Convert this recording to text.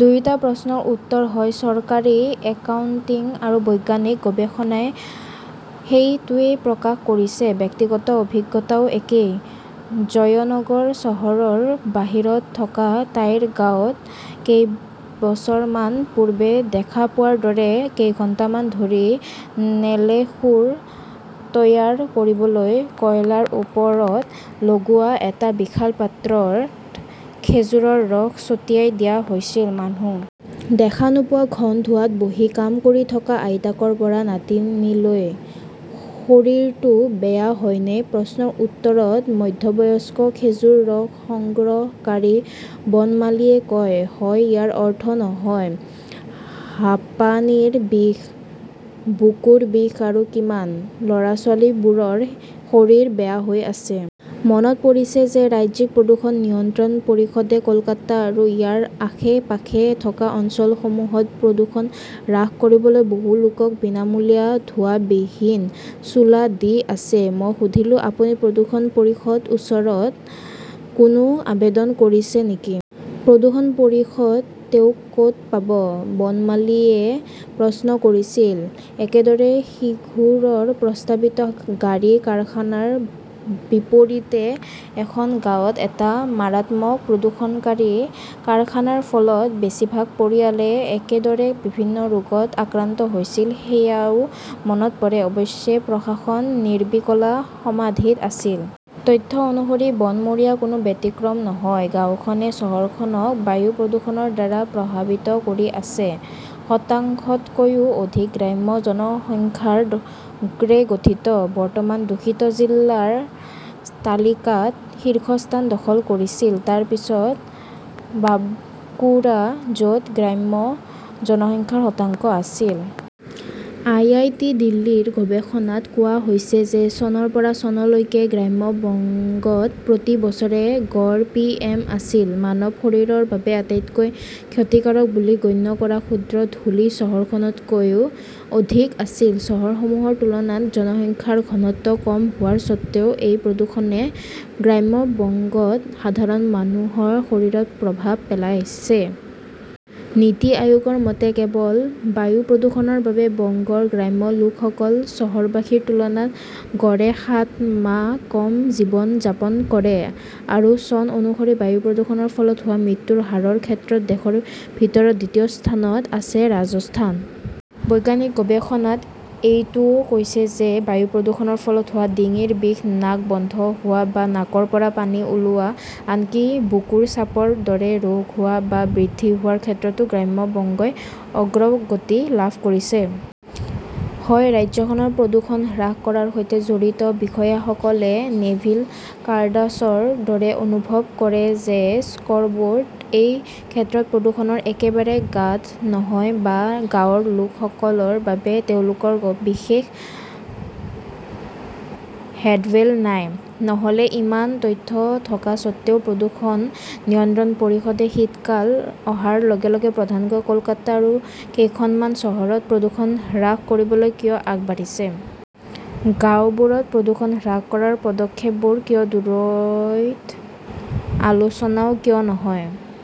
দুয়োটা প্ৰশ্নৰ উত্তৰ, হয়। চৰকাৰী একাউণ্টিং আৰু বৈজ্ঞানিক গৱেষণাই সেইটোৱেই প্ৰকাশ কৰিছে, ব্যক্তিগত অভিজ্ঞতাও একেই। জয়নগৰ চহৰৰ বাহিৰত থকা তাইৰ গাঁৱত কেইবছৰমান পূৰ্বে দেখা পোৱাৰ দৰে কেইঘণ্টামান ধৰি নেলেঙ্গুৰ তৈয়াৰ কৰিবলৈ কয়লাৰ ওপৰত লগোৱা এটা বিশাল পাত্ৰত খেজুৰৰ ৰস ছটিয়াই দিয়া হৈছিল। মানুহ দেখা নোপোৱা ঘন ধোঁৱাত বহি কাম কৰি থকা আইতাকৰ পৰা নাতিনীলৈ। শৰীৰতো বেয়া হয়নে? প্ৰশ্নৰ উত্তৰত মধ্যবয়স্ক খেজুৰ ৰস সংগ্ৰহকাৰী বনমালিয়ে কয়, "হয় ইয়াৰ অৰ্থ নহয়, হাঁপানীৰ বিষ, বুকুৰ বিষ আৰু কিমান। ল'ৰা-ছোৱালীবোৰৰ শৰীৰ বেয়া হৈ আছে।" মনত পৰিছে যে ৰাজ্যিক প্ৰদূষণ নিয়ন্ত্ৰণ পৰিষদে কলকাতা আৰু ইয়াৰ আশে-পাশে থকা অঞ্চলসমূহত প্ৰদূষণ হ্ৰাস কৰিবলৈ বহু লোকক বিনামূলীয়া ধোঁৱাবিহীন চুলা দি আছে। মই সুধিলোঁ, আপুনি প্ৰদূষণ পৰিষদৰ ওচৰত কোনো আবেদন কৰিছে নেকি? প্ৰদূষণ পৰিষদ, তেওঁক ক'ত পাব? বনমালিয়ে প্ৰশ্ন কৰিছিল। একেদৰে সিঙ্গুৰৰ প্ৰস্তাৱিত গাড়ী, কাৰখানাৰ বিপৰীতে এখন গাঁৱত এটা মাৰাত্মক প্ৰদূষণকাৰী কাৰখানাৰ ফলত বেছিভাগ পৰিয়ালে কেনেদৰে বিভিন্ন ৰোগত আক্ৰান্ত হৈছিল সেয়াও মনত পৰে। অৱশ্যে, প্ৰশাসন নিৰ্বীকলা সমাধিত আছিল। তথ্য অনুসৰি বনমৰীয়া কোনো ব্যতিক্ৰম নহয়। গাওঁখনে চহৰখনক বায়ু প্ৰদূষণৰ দ্বাৰা প্ৰভাৱিত কৰি আছে। শতাংশতকৈও অধিক গ্ৰাম্য জনসংখ্যাৰে গঠিত ।বৰ্তমান দূষিত জিলাৰ তালিকাত শীৰ্ষস্থান দখল কৰিছিল। তাৰ পিছত বাঁকুৰা, য 'ত গ্ৰাম্য জনসংখ্যাৰ শতাংশ আছিল। আই. আই. টি. দিল্লীৰ গৱেষণাত কোৱা হৈছে যে, চনৰ পৰা চনলৈকে গ্ৰাম্য বংগত প্ৰতি বছৰে গড় পিএম আছিল, মানৱ শৰীৰৰ বাবে আটাইতকৈ ক্ষতিকাৰক বুলি গণ্য কৰা ক্ষুদ্ৰ ধূলি চহৰখনতকৈ অধিক আছিল। চহৰসমূহৰ তুলনাত জনসংখ্যাৰ ঘনত্ব কম হোৱাৰ স্বত্ত্বেও, এই প্ৰদূষণে গ্ৰাম্য বংগত সাধাৰণ মানুহৰ শৰীৰত প্ৰভাৱ পেলাইছে। নীতি আয়োগৰ মতে, কেৱল বায়ু প্ৰদূষণৰ বাবে বংগৰ গ্ৰাম্য লোকসকল চহৰবাসীৰ তুলনাত গড়ে সাত মাহ কম জীৱন যাপন কৰে আৰু চন অনুসৰি, বায়ু প্ৰদূষণৰ ফলত হোৱা মৃত্যুৰ হাৰৰ ক্ষেত্ৰত দেশৰ ভিতৰত দ্বিতীয় স্থানত আছে ৰাজস্থান। বৈজ্ঞানিক গৱেষণাত এইটোও কোৱা হৈছে যে, বায়ু প্ৰদূষণৰ ফলত হোৱা ডিঙিৰ বিষ, নাক বন্ধ হোৱা বা নাকৰ পৰা পানী ওলোৱা, আনকি বুকুৰ চাপৰ দৰে ৰোগ হোৱা বা বৃদ্ধি হোৱাৰ ক্ষেত্ৰতো গ্ৰাম্য বংগই অগ্ৰগতি লাভ কৰিছে। হয় ৰাজ্যখনৰ প্ৰদূষণ হ্ৰাস কৰাৰ সৈতে জড়িত বিষয়াসকলে নেভিল কাৰ্ডাছৰ দৰে অনুভৱ কৰে যে-স্কৰবোৰ্ড, এই ক্ষেত্ৰত প্ৰদূষণৰ, একেবাৰে গাধ নহয় বা গাঁৱৰ লোকসকলৰ বাবে তেওঁলোকৰ বিশেষ হেল্ডৱেল নাই। নহ'লে, ইমান তথ্য থকা স্বত্বেও প্ৰদূষণ নিয়ন্ত্ৰণ পৰিষদে শীতকাল অহাৰ লগে লগে প্ৰধানকৈ কলকাতা আৰু কেইখনমান চহৰত প্ৰদূষণ হ্ৰাস কৰিবলৈ কিয় আগবাঢ়িছে? গাওঁবোৰত প্ৰদূষণ হ্ৰাস কৰাৰ পদক্ষেপবোৰ কিয় দূৰৈত, আলোচনাও কিয় নহয়?